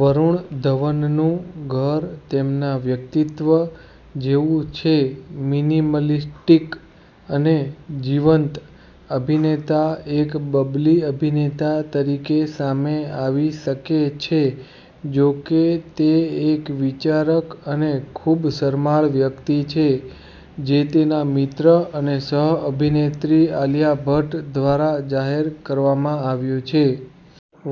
વરુણ ધવનનું ઘર તેમના વ્યક્તિત્વ જેવુંછેમિનિમલિસ્ટિક અને જીવંત. અભિનેતા એક બબલી અભિનેતા તરીકે સામે આવી શકે છેજો કે, તે એક વિચારક અને ખૂબશરમાળ વ્યક્તિ છે, જે તેના મિત્ર અને સહ-અભિનેત્રી આલિયા ભટ્ટ દ્વારા જાહેર કરવામાં આવ્યું છે.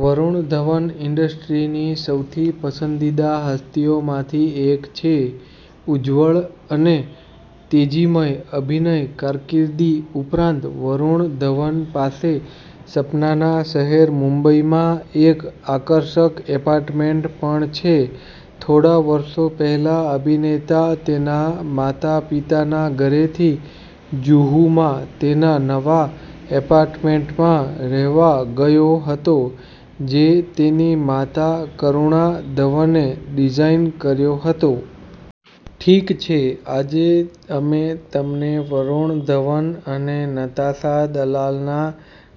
વરુણ ધવન ઈન્ડસ્ટ્રીની સૌથી પસંદીદા હસ્તીઓમાંથી એક છે. ઉજ્જવળ અને તેજીમય અભિનય કારકિર્દી ઉપરાંત, વરુણ ધવન પાસે સપનાના શહેર, મુંબઈમાં એક આકર્ષક એપાર્ટમેન્ટ પણ છે. થોડા વર્ષો પહેલા, અભિનેતા તેના માતા-પિતાના ઘરેથી જુહુમાં તેના નવા એપાર્ટમેન્ટમાં રહેવા ગયો હતો, જે તેની માતા કરુણા ધવને ડિઝાઇન કર્યો હતો. ઠીક છે, આજે અમે તમને વરુણ ધવન અને નતાશા દલાલના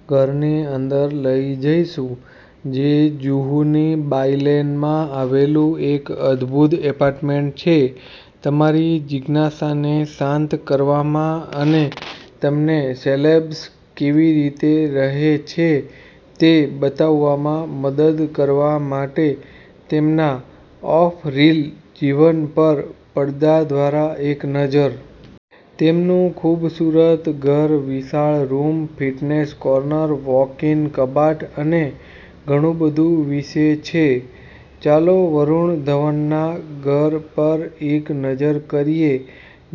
ઘરની અંદર લઈ જઈશું, જે જુહુની બાયલેનમાં આવેલું એક અદભૂત એપાર્ટમેન્ટ છે. તમારી જિજ્ઞાસાને શાંત કરવામાં અને તમનેસેલેબ્સ કેવી રીતે રહે છે તે બતાવવામાં મદદ કરવા માટે તેમના ઑફ-રીલ જીવન પર પડદા દ્વારા એક નજર. તેમનું ખૂબસૂરત ઘર વિશાળ રૂમ, ફિટનેસ કોર્નર, વૉક-ઇન કબાટ અને ઘણું બધું વિશે છે. ચાલો વરુણ ધવનના ઘર પર એક નજર કરીએ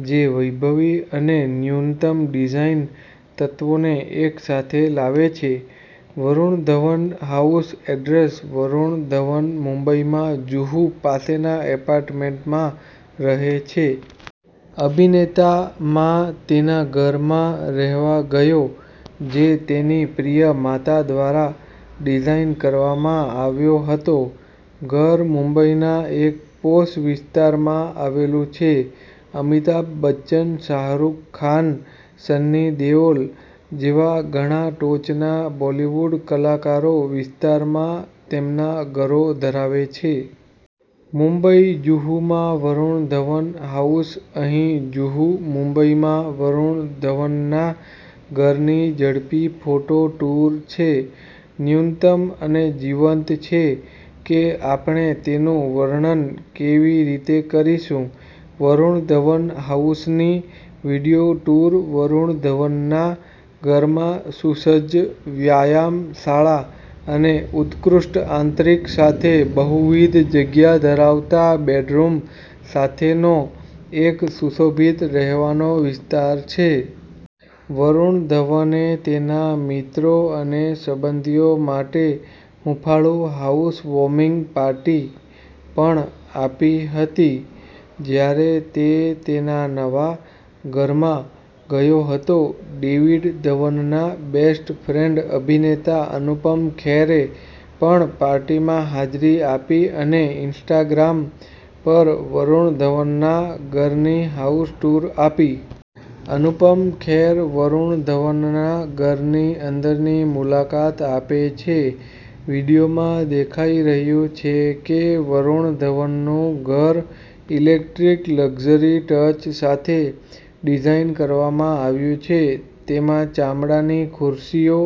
જે વૈભવી અને ન્યૂનતમ ડિઝાઇન તત્વોને એકસાથે લાવે છે. વરુણ ધવન હાઉસ એડ્રેસ વરુણ ધવન મુંબઈમાં જુહુ પાસેના એપાર્ટમેન્ટમાં રહે છે. અભિનેતા માં તેના ઘરમાં રહેવા ગયો, જે તેની પ્રિય માતા દ્વારા ડિઝાઇન કરવામાં આવ્યો હતો. ઘર મુંબઈના એક પોશ વિસ્તારમાં આવેલું છે. અમિતાભ બચ્ચન, શાહરૂખ ખાનસન્ની દેઓલ જેવા ઘણા ટોચના બોલીવુડ કલાકારોવિસ્તારમાં તેમના ઘરો ધરાવે છે. મુંબઈ જુહુમાં વરુણ ધવન હાઉસ અહીં જુહુ મુંબઈમાં વરુણ ધવનના ઘરની ઝડપી ફોટો ટૂર છે. ન્યૂનતમ અને જીવંતછે કે આપણે તેનું વર્ણન કેવી રીતે કરીશું. વરુણ ધવન હાઉસની વિડિયો ટૂર વરુણ ધવનના ઘરમાં સુસજ્જ વ્યાયામશાળા અને ઉત્કૃષ્ટ આંતરિક સાથે બહુવિધ જગ્યા ધરાવતા બેડરૂમ સાથેનો એક સુશોભિત રહેવાનો વિસ્તાર છે. વરુણ ધવને તેના મિત્રો અને સંબંધીઓ માટે હૂંફાળું હાઉસવોર્મિંગ પાર્ટી પણ આપી હતી જ્યારે તે તેના નવા ઘરમાં ગયો હતો. ડેવિડ ધવનના બેસ્ટ ફ્રેન્ડ અભિનેતા અનુપમ ખેરે પણ પાર્ટીમાં હાજરી આપી અને ઈન્સ્ટાગ્રામ પર વરુણ ધવનના ઘરની હાઉસ ટૂર આપી. અનુપમ ખેર વરુણ ધવનના ઘરની અંદરની મુલાકાત આપે છે. વીડિયોમાં દેખાઈ રહ્યું છે કે વરુણ ધવનનું ઘર ઈલેક્ટ્રિક લક્ઝરી ટચ સાથે ડિઝાઈન કરવામાં આવ્યું છે. તેમાં ચામડાની ખુરશીઓ